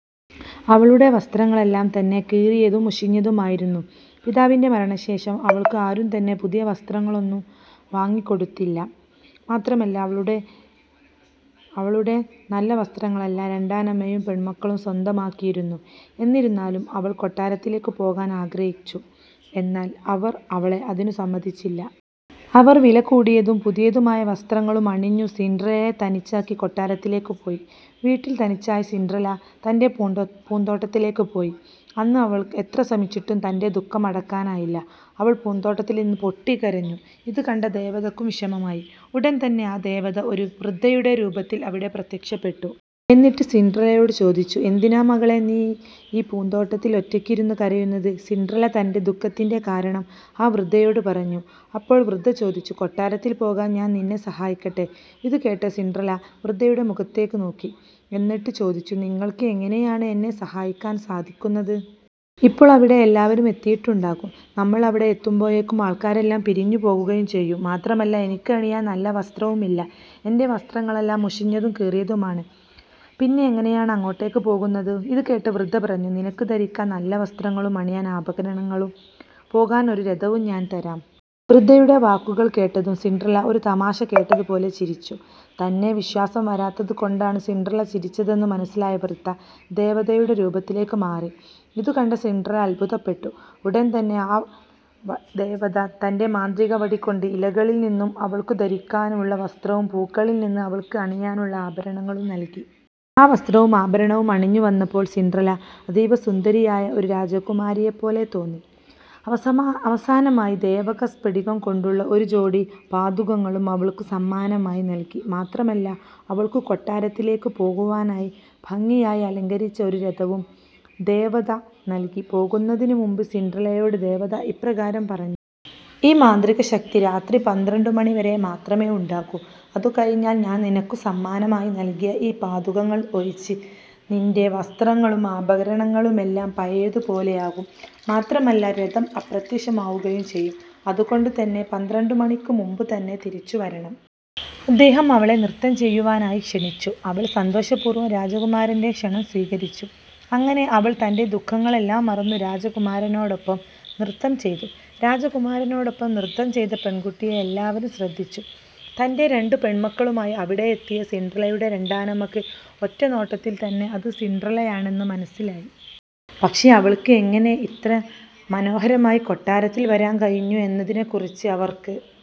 അവളുടെ വസ്ത്രങ്ങളെല്ലാം തന്നെ കീറിയതും മുഷിഞ്ഞതും ആയിരുന്നു. പിതാവിന്റെ മരണശേഷം അവൾക്കു ആരും തന്നെ പുതിയ വസ്ത്രങ്ങളൊന്നും തന്നെ വാങ്ങി കൊടുത്തിരുന്നില്ല. മാത്രമല്ല അവളുടെ നല്ല വസ്ത്രങ്ങളെല്ലാം രണ്ടാനമ്മയും പെൺമക്കളും സ്വന്തമാക്കിയിരുന്നു. എന്നിരുന്നാലും അവൾ കൊട്ടാരത്തിലേക്കു പോകാൻ ആഗ്രഹിച്ചു. എന്നാൽ അവർ അവളെ അതിനു സമ്മതിച്ചില്ല. അവർ വിലകൂടിയതും പുതിയതുമായ വസ്ത്രങ്ങളും അണിഞ്ഞു സിൻഡ്രല്ലയെ തനിച്ചാക്കി കൊട്ടാരത്തിലേക്കു പോയി. വീട്ടിൽ തനിച്ചായ സിൻഡ്രല്ല തന്റെ പൂന്തോട്ടത്തിലേക്ക് പോയി. അന്ന് അവൾക്ക് എത്ര ശ്രമിച്ചിട്ടും തന്റെ ദുഃഖം അടക്കാനായില്ല. അവൾ പൂന്തോട്ടത്തിലിരുന്നു പൊട്ടിക്കരഞ്ഞു. ഇതു കണ്ട ദേവതയ്ക്കും വിഷമമായി. ഉടൻതന്നെ ആ ദേവത ഒരു വൃദ്ധയുടെ രൂപത്തിൽ അവിടെ പ്രത്യക്ഷപ്പെട്ടു. എന്നിട്ട് സിൻഡ്രല്ലയോട് ചോദിച്ചു "എന്തിനാ മകളെ നീ ഈ പൂന്തോട്ടത്തിൽ ഒറ്റയ്ക്കിരുന്നു കരയുന്നത്? " സിൻഡ്രല്ല തന്റെ ദുഖത്തിന്റെ കാരണം ആ വൃദ്ധയോട് പറഞ്ഞു. അപ്പോൾ വൃദ്ധ ചോദിച്ചു "കൊട്ടാരത്തിൽ പോകാൻ ഞാൻ നിന്നെ സഹായിക്കട്ടെ. " ഇതുകേട്ട സിൻഡ്രല്ല വൃദ്ധയുടെ മുഖത്തേക്ക് നോക്കി. എന്നിട്ട് ചോദിച്ചു "നിങ്ങൾക്ക് എങ്ങനെയാണ് എന്നെ സഹായിക്കാൻ സാധിക്കുന്നത്? ഇപ്പോൾ അവിടെ എല്ലാവരും എത്തിയിട്ടുണ്ടാകും. നമ്മൾ അവിടെ എത്തുമ്പോഴേക്കും ആൾക്കാരെല്ലാം പിരിഞ്ഞു പോകുകയും ചെയ്യും. മാത്രമല്ല എനിക്ക് അണിയാൻ നല്ല വസ്ത്രവും ഇല്ല. എന്റെ വസ്ത്രങ്ങളെല്ലാം മുഷിഞ്ഞതും കീറിയതുമാണ്. പിന്നെ എങ്ങനെയാണ് അങ്ങോട്ടേക്ക് പോകുന്നത്? " ഇതുകേട്ട വൃദ്ധ പറഞ്ഞു "നിനക്ക് ധരിക്കാൻ നല്ല വസ്ത്രങ്ങളും അണിയാൻ ആഭരണങ്ങളും പോകാൻ ഒരു രഥവും ഞാൻ തരാം. " വൃദ്ധയുടെ വാക്കുകൾ കേട്ടതും സിൻഡ്രല്ല ഒരു തമാശ കേട്ടതു പോലെ ചിരിച്ചു. തന്നെ വിശ്വാസം വരാത്തത് കൊണ്ടാണ് സിൻഡ്രല്ല ചിരിച്ചതെന്നു മനസ്സിലായ വൃദ്ധ ദേവതയുടെ രൂപത്തിലേക്ക് മാറി. ഇതുകണ്ട സിൻഡ്രല്ല അത്ഭുതപ്പെട്ടു. ഉടൻ തന്നെ ആ ദേവത തന്റെ മാന്ത്രിക വടി കൊണ്ട് ഇലകളിൽ നിന്നും അവൾക്കു ധരിക്കുവാനുള്ള വസ്ത്രവും പൂക്കളിൽനിന്ന് അവൾക്ക് അണിയുവാനുള്ള ആഭരണങ്ങളും നൽകി. ആ വസ്ത്രവും ആഭരണവും അണിഞ്ഞു വന്നപ്പോൾ സിൻഡ്രല്ല അതീവ സുന്ദരിയായ ഒരു രാജകുമാരിയെ പോലെ തോന്നി. അവസാനമായി ദേവത സ്ഫടികം കൊണ്ടുള്ള ഒരു ജോടി പാദുകങ്ങളും അവൾക്കു സമ്മാനമായി നൽകി. മാത്രമല്ല അവൾക്കു കൊട്ടാരത്തിലേക്കു പോകുവാനായി ഭംഗിയായി അലങ്കരിച്ച ഒരു രഥവും ദേവത നൽകി. പോകുന്നതിനു മുൻപ് സിൻഡ്രല്ലയോട് ദേവത ഇപ്രകാരം പറഞ്ഞു. "എന്റെ ഈ മാന്ത്രിക ശക്തി രാത്രി പന്ത്രണ്ടു മണി വരെ മാത്രമേ ഉണ്ടാകൂ. അതു കഴിഞ്ഞാൽ ഞാൻ നിനക്ക് സമ്മാനമായി നൽകിയ ഈ പാദുകങ്ങൾ ഒഴിച്ച് നിന്റെ വസ്ത്രങ്ങളും ആഭരണങ്ങളുമെല്ലാം പഴയതു പോലെ ആകും. മാത്രമല്ല രഥം അപ്രത്യക്ഷമാകുകയും ചെയ്യും. അതുകൊണ്ടു തന്നെ പന്ത്രണ്ടു മണിക്ക് മുൻപ് തന്നെ തിരിച്ചു വീട്ടിലേക്കു മടങ്ങണം. അദ്ദേഹം അവളെ നൃത്തം ചെയ്യുവാനായി ക്ഷണിച്ചു. അവൾ സന്തോഷപൂർവം രാജകുമാരന്റെ ക്ഷണം സ്വീകരിച്ചു. അങ്ങനെ അവൾ തന്റെ ദുഖങ്ങളെല്ലാം മറന്നു രാജകുമാരനോടൊപ്പം നൃത്തം ചെയ്തു. രാജകുമാരനോടൊപ്പം നൃത്തം ചെയ്ത പെൺകുട്ടിയെ എല്ലാവരും ശ്രദ്ധിച്ചു. തന്റെ രണ്ടു പെണ്മക്കളുമായി അവിടെ എത്തിയ സിൻഡ്രല്ലയുടെ രണ്ടാനമ്മയ്ക്ക് ഒറ്റ നോട്ടത്തിൽ തന്നെ അത് സിൻഡ്രല്ലയാണെന്നു മനസ്സിലായി. പക്ഷെ അവൾക്ക് എങ്ങനെ ഇത്ര മനോഹരമായി കൊട്ടാരത്തിൽ വരാൻ കഴിഞ്ഞു എന്നതിനെ ക്കുറിച്ച് അവർക്ക്